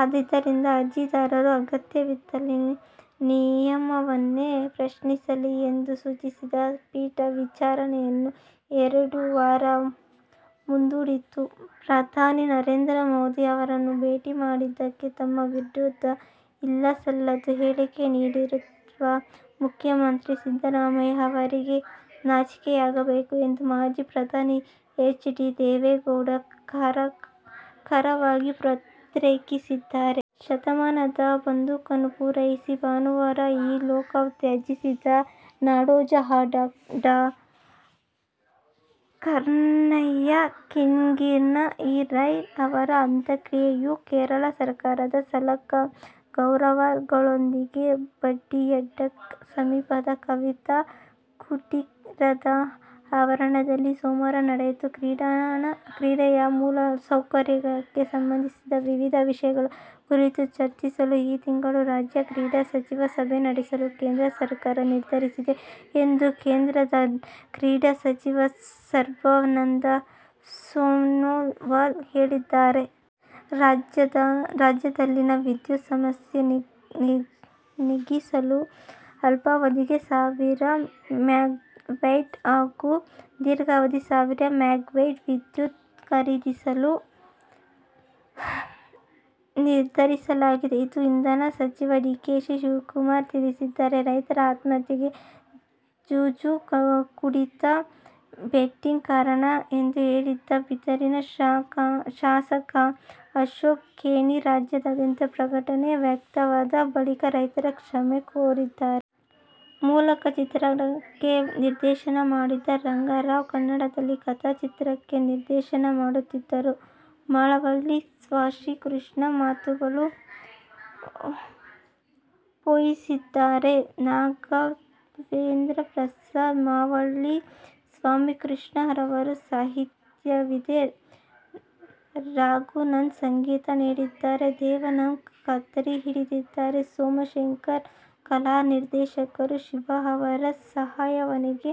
ಆದ್ದರಿಂದ ಅರ್ಜಿದಾರರು ಅಗತ್ಯವಿದ್ದಲ್ಲಿ ನಿಯಮವನ್ನೇ ಪ್ರಶ್ನಿಸಲಿ ಎಂದು ಸೂಚಿಸಿದ ಪೀಠ ವಿಚಾರಣೆಯನ್ನು ಎರಡು ವಾರ ಮುಂದೂಡಿತು. ಪ್ರಧಾನಿ ನರೇಂದ್ರ ಮೋದಿ ಅವರನ್ನು ಭೇಟಿ ಮಾಡಿದ್ದಕ್ಕೆ ತಮ್ಮ ವಿರುದ್ಧ ಇಲ್ಲಸಲ್ಲದ ಹೇಳಿಕೆ ನೀಡುತ್ತಿರುವ ಮುಖ್ಯಮಂತ್ರಿ ಸಿದ್ದರಾಮಯ್ಯ ಅವರಿಗೆ ನಾಚಿಕೆಯಾಗಬೇಕು ಎಂದು ಮಾಜಿ ಪ್ರಧಾನಿ ಎಚ್. ಡಿ. ದೇವೇಗೌಡ ಖಾರವಾಗಿ ಪ್ರತಿಕ್ರಿಯಿಸಿದರು. ಶತಮಾನದ ಬದುಕನ್ನು ಪೂರೈಸಿ ಭಾನುವಾರ ಇಹಲೋಕ ತ್ಯಜಿಸಿದ ನಾಡೋಜ ಡಾ ಕಯ್ನಾರ ಕಿಞ್ಞಣ್ಣ ರೈ ಅವರ ಅಂತ್ಯಕ್ರಿಯೆಯು ಕೇರಳ ಸರ್ಕಾರದ ಸಕಲ ಗೌರವಗಳೊಂದಿಗೆ ಬದಿಯಡ್ಕ ಸಮೀಪದ ಕವಿತಾ ಕುಟೀರದ ಆವರಣದಲ್ಲಿ ಸೋಮವಾರ ನಡೆಯಿತು. ಕ್ರೀಡೆಯ ಮೂಲ ಸೌಕರ್ಯಕ್ಕೆ ಸಂಬಂಧಿಸಿ ವಿವಿಧ ವಿಷಯಗಳ ಕುರಿತು ಚರ್ಚಿಸಲು ಈ ತಿಂಗಳು ರಾಜ್ಯ ಕ್ರೀಡಾ ಸಚಿವರ ಸಭೆ ನಡೆಸಲು ಕೇಂದ್ರ ಸರಕಾರ ನಿರ್ಧರಿಸಿದೆ ಎಂದ ಕೇಂದ್ರದ ಕ್ರೀಡಾ ಸಚಿವ ಸರ್ಬಾನಂದ ಸೊನೋವಾಲ್ ಹೇಳಿದ್ದಾರೆ. ರಾಜ್ಯದಲ್ಲಿನ ವಿದ್ಯುತ್ ಸಮಸ್ಯೆ ನೀಗಿಸಲು ಅಲ್ಪಾವಧಿಗೆ ಸಾವಿರ ಮೆಗಾವ್ಯಾಟ್ ಹಾಗೂ ದೀರ್ಘಾವಧಿಗೆ ಸಾವಿರ ಮೆಗಾವ್ಯಾಟ್ ವಿದ್ಯುತ್ ಖರೀದಿಸಲು ನಿರ್ಧರಿಸಲಾಗಿದೆ ಎಂದು ಇಂಧನ ಸಚಿವ ಡಿ. ಕೆ. ಶಿವಕುಮಾರ್ ತಿಳಿಸಿದ್ದಾರೆ. ರೈತರ ಆತ್ಮಹತ್ಯೆಗೆ ಜೂಜು, ಕುಡಿತ, ಬೆಟ್ಟಿಂಗ್ ಕಾರಣ ಎಂದು ಹೇಳಿದ್ದ ಬೀದರ ಶಾಸಕ ಅಶೋಕ ಖೇಣಿ ರಾಜ್ಯಾದ್ಯಂತ ಪ್ರತಿಭಟನೆ ವ್ಯಕ್ತವಾದ ಬಳಿಕ ರೈತರ ಕ್ಷಮೆ ಕೋರಿದ್ದಾರೆ. ಮೂಲ ಚಿತ್ರಕ್ಕೆ ನಿರ್ದೇಶನ ಮಾಡಿದ್ದ ರಾಘವನ್, ಕನ್ನಡದಲ್ಲಿ ಕಥೆ-ಚಿತ್ರಕತೆ-ನಿರ್ದೇಶನ ಮಾಡುತ್ತಿದ್ದಾರೆ. ಮಳವಳ್ಳಿ ಸಾಯಿಕೃಷ್ಣ ಮಾತುಗಳನ್ನು ಪೋಣಿಸಿದ್ದಾರೆ. ನಾಗೇಂದ್ರಪ್ರಸಾದ್, ಮಳವಳ್ಳಿ ಸಾಯಿಕೃಷ್ಣ ಅವರ ಸಾಹಿತ್ಯವಿದೆ. ರಘುನಂದನ್ ಸಂಗೀತ ನೀಡಿದ್ದಾರೆ. ದೇವ ರಾಘವನ್ ಕತ್ತರಿ ಹಿಡಿದರೆ, ಸೋಮಶೇಖರ್ ಕಲಾನಿರ್ದೇಶಕರು. ಶಿವು ಆವರ ಸಾಹಸವಿದೆ.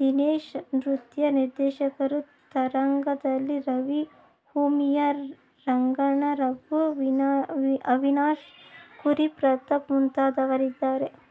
ದಿನೇಶ್ ನೃತ್ಯ ನಿರ್ದೇಶಕರು. ತಾರಾಗಣದಲ್ಲಿ – ರವಿ, ಓವಿಯಾ, ರಂಗಾಯಣ ರಘು, ಅವಿನಾಶ್, ಕುರಿ ಪ್ರತಾಪ್, ಮುಂತಾದವರಿದ್ದಾರೆ.